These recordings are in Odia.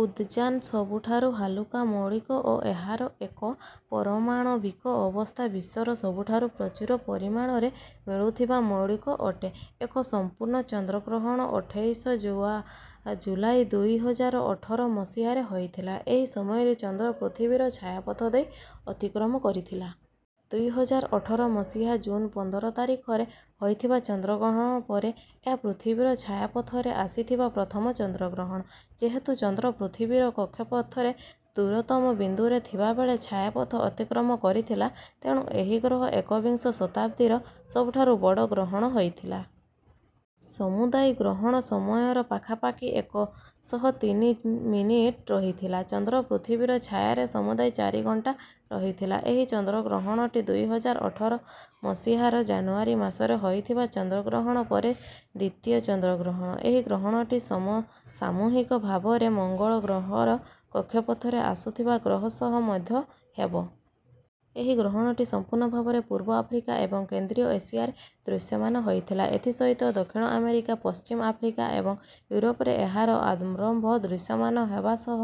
ଉଦଜାନ ସବୁଠାରୁ ହାଲୁକା ମୌଳିକ ଓ ଏହାର ଏକ ପରମାଣବିକ ଅବସ୍ଥା ବିଶ୍ୱର ସବୁଠାରୁ ପ୍ରଚୁର ପରିମାଣରେ ମିଳୁଥିବା ମୌଳିକ ଅଟେ। ଏକ ସମ୍ପୂର୍ଣ୍ଣ ଚନ୍ଦ୍ରଗ୍ରହଣ ଅଠେଇଶ ଜୁଲାଇ ଦୁଇ ହଜାର ଅଠର ମସିହାରେ ହୋଇଥିଲା। ଏହି ସମୟରେ ଚନ୍ଦ୍ର ପୃଥିବୀର ଛାୟାପଥ ଦେଇ ଅତିକ୍ରମ କରିଥିଲା। ଦୁଇ ହଜାର ଅଠର ମସିହା ଜୁନ ପନ୍ଦର ତାରିଖରେ ହୋଇଥିବା ଚନ୍ଦ୍ରଗ୍ରହଣ ପରେ ଏହା ପୃଥିବୀର ଛାୟାପଥରେ ଆସିଥିବା ପ୍ରଥମ ଚନ୍ଦ୍ରଗ୍ରହଣ। ଯେହେତୁ ଚନ୍ଦ୍ର ପୃଥିବୀର କକ୍ଷପଥରେ ଦୂରତମ ବିନ୍ଦୁରେ ଥିବାବେଳେ ଛାୟାପଥ ଅତିକ୍ରମ କରିଥିଲା, ତେଣୁ ଏହି ଗ୍ରହଣ ଏକବିଂଶ ଶତାବ୍ଦୀର ସବୁଠାରୁ ବଡ଼ ଗ୍ରହଣ ହୋଇଥିଲା। ସମୁଦାୟ ଗ୍ରହଣ ସମୟର ପାଖାପାଖି ଏକ ଶହ ତିନି ମିନିଟ ରହିଥିଲା। ଚନ୍ଦ୍ର ପୃଥିବୀର ଛାୟାରେ ସମୁଦାୟ ଚାରି ଘଣ୍ଟା ରହିଥିଲା। ଏହି ଚନ୍ଦ୍ରଗ୍ରହଣଟି ଦୁଇ ହଜାର ଅଠର ମସିହାର ଜାନୁଆରୀ ମାସରେ ହୋଇଥିବା ଚନ୍ଦ୍ରଗ୍ରହଣ ପରେ ଦ୍ୱିତୀୟ ଚନ୍ଦ୍ରଗ୍ରହଣ। ଏହି ଗ୍ରହଣଟି ସମସାମୂହିକ ଭାବରେ ମଙ୍ଗଳ ଗ୍ରହର କକ୍ଷପଥରେ ଆସୁଥିବା ଗ୍ରହ ସହ ମଧ୍ୟ ହେବ। ଏହି ଗ୍ରହଣଟି ସମ୍ପୂର୍ଣ୍ଣ ଭାବରେ ପୂର୍ବ ଆଫ୍ରିକା ଏବଂ କେନ୍ଦ୍ରୀୟ ଏସିଆରେ ଦୃଶ୍ୟମାନ ହୋଇଥିଲା। ଏଥିସହିତ ଦକ୍ଷିଣ ଆମେରିକା, ପଶ୍ଚିମ ଆଫ୍ରିକା ଏବଂ ୟୁରୋପରେ ଏହାର ଆରମ୍ଭ ଦୃଶ୍ୟମାନ ହେବା ସହ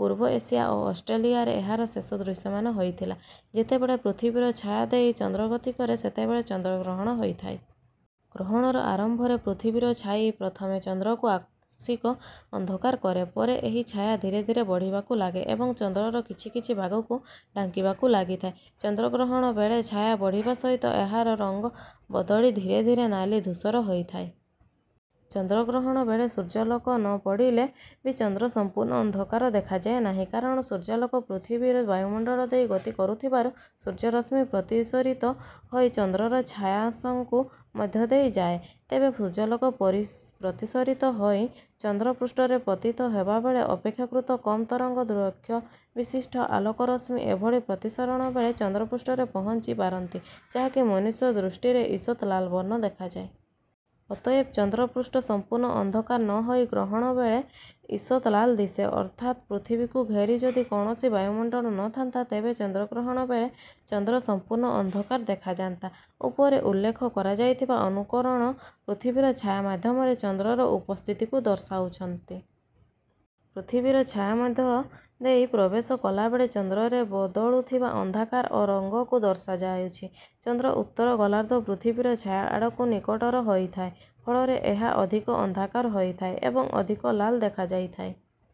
ପୂର୍ବ ଏସିଆ ଓ ଅଷ୍ଟ୍ରଲିଆରେ ଏହାର ଶେଷ ଦୃଶ୍ୟମାନ ହୋଇଥିଲା। ଯେତେବେଳେ ପୃଥିବୀର ଛାୟା ଦେଇ ଚନ୍ଦ୍ର ଗତି କରେ, ସେତେବେଳେ ଚନ୍ଦ୍ରଗ୍ରହଣ ହୋଇଥାଏ। ଗ୍ରହଣର ଆରମ୍ଭରେ ପୃଥିବୀର ଛାଇ ପ୍ରଥମେ ଚନ୍ଦ୍ରକୁ ଆଂଶିକ ଅନ୍ଧକାର କରେ। ପରେ ଏହି ଛାୟା ଧୀରେ ଧୀରେ ବଢ଼ିବାକୁ ଲାଗେ ଏବଂ ଚନ୍ଦ୍ରର କିଛି କିଛି ଭାଗକୁ ଢାଙ୍କିବାକୁ ଲାଗିଥାଏ। ଚନ୍ଦ୍ରଗ୍ରହଣ ବେଳେ ଛାୟା ବଢ଼ିବା ସହିତ ଏହାର ରଙ୍ଗ ବଦଳି ଧୀରେ ଧୀରେ ନାଲି ଧୂସର ହୋଇଥାଏ। ଚନ୍ଦ୍ରଗ୍ରହଣ ବେଳେ ସୂର୍ଯ୍ୟାଲୋକ ନ ପଡ଼ିଲେ ବି ଚନ୍ଦ୍ର ସମ୍ପୂର୍ଣ୍ଣ ଅନ୍ଧକାର ଦେଖାଯାଏ ନାହିଁ। କାରଣ ସୂର୍ଯ୍ୟାଲୋକ ପୃଥିବୀର ବାୟୁମଣ୍ଡଳ ଦେଇ ଗତି କରୁଥିବାରୁ ସୂର୍ଯ୍ୟରଶ୍ମି ପ୍ରତିସରିତ ହୋଇ ଚନ୍ଦ୍ରର ଛାୟା ଶଙ୍କୁ ମଧ୍ୟ ଦେଇ ଯାଏ। ତେବେ ସୂର୍ଯ୍ୟାଲୋକ ପ୍ରତିସରିତ ହୋଇ ଚନ୍ଦ୍ର ପୃଷ୍ଠରେ ପତିତ ହେବାବେଳେ ଅପେକ୍ଷାକୃତ କମ ତରଙ୍ଗ ଦୈର୍ଘ୍ୟ ବିଶିଷ୍ଟ ଆଲୋକ ରଶ୍ମି ଏଭଳି ପ୍ରତିସରଣ ବେଳେ ଚନ୍ଦ୍ର ପୃଷ୍ଠରେ ପହଞ୍ଚି ପାରନ୍ତି ଯାହାକି ମନୁଷ୍ୟ ଦୃଷ୍ଟିରେ ଇଷତ୍ ଲାଲ ବର୍ଣ୍ଣ ଦେଖାଯାଏ। ଅତଏବ ଚନ୍ଦ୍ର ପୃଷ୍ଠ ସମ୍ପୂର୍ଣ୍ଣ ଅନ୍ଧକାର ନ ହୋଇ ଗ୍ରହଣ ବେଳେ ଇଷତ୍ ଲାଲ ଦିଶେ। ଅର୍ଥାତ ପୃଥିବୀକୁ ଘେରି ଯଦି କୌଣସି ବାୟୁମଣ୍ଡଳ ନ ଥାଆନ୍ତା, ତେବେ ଚନ୍ଦ୍ରଗ୍ରହଣ ବେଳେ ଚନ୍ଦ୍ର ସମ୍ପୂର୍ଣ୍ଣ ଅନ୍ଧକାର ଦେଖାଯାଆନ୍ତା। ଉପରେ ଉଲ୍ଲେଖ କରାଯାଇଥିବା ଅନୁକରଣ ପୃଥିବୀର ଛାୟା ମାଧ୍ୟମରେ ଚନ୍ଦ୍ରର ଉପସ୍ଥିତିକୁ ଦର୍ଶାଉଛି। ପୃଥିବୀର ଛାୟା ମଧ୍ୟ ଦେଇ ପ୍ରବେଶ କଲାବେଳେ ଚନ୍ଦ୍ରରେ ବଦଳୁଥିବା ଅନ୍ଧାକାର ଓ ରଙ୍ଗକୁ ଦର୍ଶାଯାଇଛି। ଚନ୍ଦ୍ର ଉତ୍ତର ଗୋଲାର୍ଦ୍ଧ ପୃଥିବୀର ଛାୟା ଆଡ଼କୁ ନିକଟର ହୋଇଥାଏ, ଫଳରେ ଏହା ଅଧିକ ଅନ୍ଧକାର ହୋଇଥାଏ ଏବଂ ଅଧିକ ଲାଲ ଦେଖାଯାଇଥାଏ।